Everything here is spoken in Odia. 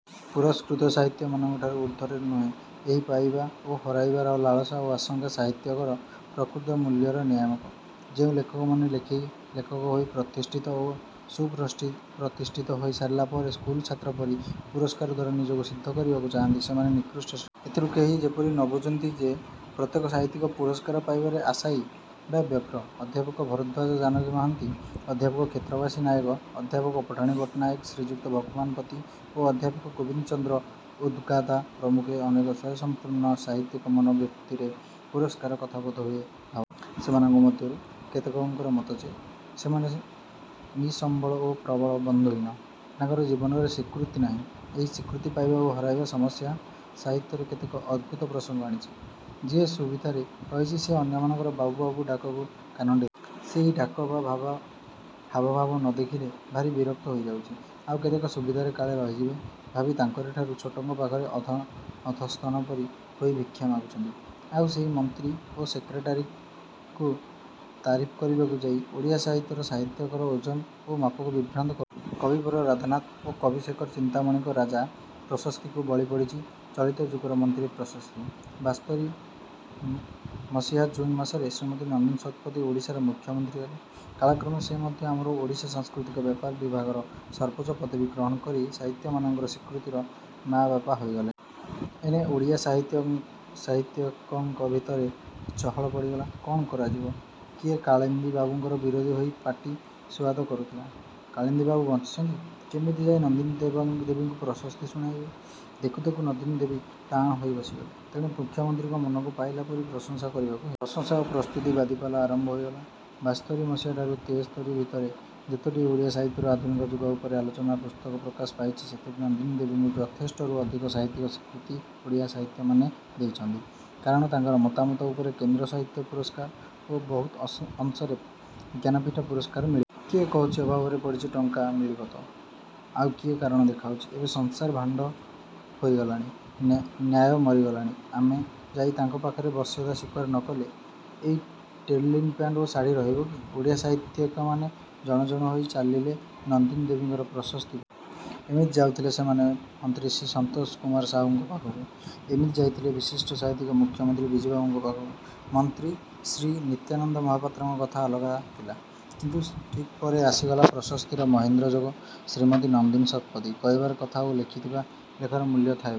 ପୁରସ୍କୃତ ସାହିତ୍ୟିକମାନଙ୍କଠାରୁ ଉର୍ଦ୍ଧ୍ୱରେ ନୁହେଁ। ଏହି ପାଇବା ଓ ହରାଇବାର ଲାଳସା ଓ ଆଶଙ୍କା ସାହିତ୍ୟିକର ପ୍ରକୃତ ମୂଲ୍ୟର ନିୟାମକ। ଯେଉଁ ଲେଖକମାନେ ଲେଖି ଲେଖକ ହୋଇ ପ୍ରତିଷ୍ଠିତ ଓ ସୁପ୍ରତିଷ୍ଠିତ ହୋଇ ସାରିଲା ପରେ ସ୍କୁଲ ଛାତ୍ର ପରି ପୁରସ୍କାର ଦ୍ୱାରା ନିଜକୁ ସିଦ୍ଧ କରିବାକୁ ଚାହାନ୍ତି ସେମାନେ ନିକୃଷ୍ଟ ଶ୍ରେଣୀର-। ଏଥିରୁ କେହି ଯେପରି ନ ବୁଝନ୍ତି ଯେ ପ୍ରତ୍ୟେକ ସାହିତ୍ୟିକ ପୁରସ୍କାର ପାଇବାରେ ଆଶାୟୀ ବା ବ୍ୟଗ୍ର। ଅଧ୍ୟାପକ ଭରଦ୍ୱାଜ ଜାନକୀ ମହାନ୍ତି, ଅଧ୍ୟାପକ କ୍ଷେତ୍ରବାସୀ ନାୟକ, ଅଧ୍ୟାପକ ପଠାଣି ପଟ୍ଟନାୟକ, ଶ୍ରୀଯୁକ୍ତ ଭଗବାନ ପତି ଓ ଅଧ୍ୟାପକ ଗୋବିନ୍ଦ ଚନ୍ଦ୍ର ଉଦ୍ଗାତା ପ୍ରମୁଖ ଅନେକ ସ୍ୱୟଂସମ୍ପୂର୍ଣ୍ଣ ସାହିତ୍ୟିକ ମନଭିତରେ ପୁରସ୍କାର କଥା ବୋଧହୁଏ ଭାବନ୍ତି ନାହିଁ। ସେମାନଙ୍କ ମଧ୍ୟରୁ କେତେକଙ୍କର ମତ ଯେ ସେମାନେ ନିସମ୍ୱଳ ଓ ପ୍ରବଳ ବନ୍ଧୁହୀନ। ତାଙ୍କର ଜୀବନରେ ସ୍ୱୀକୃତି ନାହିଁ। ଏହି ସ୍ୱୀକୃତି ପାଇବା ଓ ହରାଇବା ସମସ୍ୟା ସାହିତ୍ୟରେ କେତେକ ଅଦ୍ଭୁତ ପ୍ରସଙ୍ଗ ଆଣିଛି। ଯିଏ ସୁବିଧାରେ ରହିଛି ସେ ଅନ୍ୟମାନଙ୍କର ବାବୁ–ବାବୁ–ଡାକକୁ କାନ ଡେରିଛି। ସେହି ଡାକ ବା ହାବଭାବ ନ ଦେଖିଲେ ଭାରି ବିରକ୍ତ ହୋଇଯାଉଛି। ଆଉ କେତେକ ସୁବିଧାରେ କାଳେ ରହିଯିବେ ଭାବି ତାଙ୍କରିଠାରୁ ଛୋଟଙ୍କ ପାଖରେ ଅଧସ୍ତନ ପରି ହୋଇ ଭିକ୍ଷା ମାଗୁଛନ୍ତି। ଆଉ ସେହି ମନ୍ତ୍ରୀ ଓ ସେକ୍ରେଟାରୀଙ୍କୁ ତାରିଫ୍ କରିବାକୁ ଯାଇ ଓଡ଼ିଆ ସାହିତ୍ୟର ସାହିତ୍ୟିକର ଓଜନ ଓ ମାପକୁ ବିଭ୍ରାନ୍ତ କରୁଛନ୍ତି। କବିବର ରାଧାନାଥ ଓ କବିଶେଖର ଚିନ୍ତାମଣିଙ୍କର ରାଜା–ପ୍ରଶସ୍ତିକୁ ବଳି ପଡ଼ିଛି ଚଳିତ ଯୁଗର ମନ୍ତ୍ରୀ–ପ୍ରଶସ୍ତି। ବାସ୍ତରୀ ମସିହା ଜୁନ୍ ମାସରେ ଶ୍ରୀମତୀ ନନ୍ଦିନୀ ଶତପଥୀ ଓଡ଼ିଶାର ମୁଖ୍ୟମନ୍ତ୍ରୀ ହେଲେ। କାଳକ୍ରମେ ସେ ମଧ୍ୟ ଆମର ଓଡ଼ିଶା ସାଂସ୍କୃତିକ ବ୍ୟାପାର ବିଭାଗର ସର୍ବୋଚ୍ଚ ପଦବୀ ଗ୍ରହଣ କରି ସାହିତ୍ୟିକମାନଙ୍କର ସ୍ୱୀକୃତିର ମାଆବାପା ହୋଇଗଲେ। ଏଣେ ଓଡ଼ିଆ ସାହିତ୍ୟିକଙ୍କ ଭିତରେ ଚହଳ ପଡ଼ିଗଲା–କ'ଣ କରାଯିବ? କିଏ କାଳିନ୍ଦୀ ବାବୁଙ୍କର ବିରୋଧି ହୋଇ ପାଟିସୁଆଦ କରୁଥିଲା। କାଳିନ୍ଦୀବାବୁ ବଞ୍ଚିଛନ୍ତି। କେମିତି ଯାଇ ନନ୍ଦିନୀ ଦେବୀଙ୍କୁ ପ୍ରଶସ୍ତି ଶୁଣାଇବେ? ଦେଖୁ ଦେଖୁ ନନ୍ଦିନୀ ଦେବୀ ଟାଣ ହୋଇ ବସିଗଲେ। ତେଣୁ ମୁଖ୍ୟମନ୍ତ୍ରୀଙ୍କର ମନକୁ ପାଇଲା ପରି ପ୍ରଶଂସା କରିବାକୁ ହେବ। ପ୍ରଶଂସା ଓ ସ୍ତୁତିର ବାଦିପାଲା ଆରମ୍ଭ ହୋଇଗଲା। ବାସ୍ତରୀ ମସିହାରୁ ତେସ୍ତରୀ ଭିତରେ ଯେତୋଟି ଓଡ଼ିଆ ସାହିତ୍ୟର ଆଧୁନିକ ଯୁଗ ଉପରେ ଆଲୋଚନା ପୁସ୍ତକ ପ୍ରକାଶ ପାଇଛି ସେଥିରେ ନନ୍ଦିନୀ ଦେବୀଙ୍କୁ ଯଥେଷ୍ଟରୁ ଅଧିକ ସାହିତ୍ୟିକ ସ୍ୱୀକୃତି ଓଡ଼ିଆ ସାହିତ୍ୟିକମାନେ ଦେଇଛନ୍ତି। କାରଣ ତାଙ୍କର ମତାମତ ଉପରେ କେନ୍ଦ୍ର ସାହିତ୍ୟ ପୁରସ୍କାର ଓ ବହୁତ ଅଂଶରେ ଜ୍ଞାନପୀଠ ପୁରସ୍କାର ମିଳି ପାରିବ। କିଏ କହୁଛି–ଅଭାବରେ ପଡ଼ିଛି ଟଙ୍କା ମିଳିବ ତ। ଆଉ କିଏ କାରଣ ଦେଖାଉଛି–ଏବେ ସଂସାର ଭାଣ୍ତ ହୋଇ ଗଲାଣି। ନ୍ୟାୟ ମରିଗଲାଣି। ଆମେ ଯାଇ ତାଙ୍କ ପାଖରେ ବଶ୍ୟତା ସ୍ୱୀକାର ନ କଲେ ଏଇ ଟେରିଲିନ ପ୍ୟାଣ୍ଟ ଓ ଶାଢ଼ୀ ରହିବ କି? ଓଡ଼ିଆ ସାହିତ୍ୟିକମାନେ ଜଣ ଜଣ ହୋଇ ଚାଲିଲେ ନନ୍ଦିନୀ ଦେବୀଙ୍କର ପ୍ରଶସ୍ତି ପାଇଁ-। ଏମିତି ଯାଉଥିଲେ ସେମାନେ ମନ୍ତ୍ରୀ ଶ୍ରୀ ସନ୍ତୋଷ କୁମାର ସାହୁଙ୍କ ପାଖକୁ। ଏମିତି ଯାଇଥିଲେ ବିଶିଷ୍ଟ ସାହିତ୍ୟିକ ମୁଖ୍ୟମନ୍ତ୍ରୀ ବିଜୁବାବୁଙ୍କ ପାଖକୁ। ମନ୍ତ୍ରୀ ଶ୍ରୀ ନିତ୍ୟାନନ୍ଦ ମହାପାତ୍ରଙ୍କ କଥା ଅଲଗା ଥିଲା। କିନ୍ତୁ ଠିକ୍ ପରେ ଆସିଗଲା ପ୍ରଶସ୍ତିର ମାହେନ୍ଦ୍ର ଯୋଗ–ଶ୍ରୀମତୀ ନନ୍ଦିନୀ ଶତପଥୀ-। କହିବାର କଥା ଓ ଲେଖିଥିବା ଲେଖାର ମୂଲ୍ୟ ଥାଏ ବୋଲି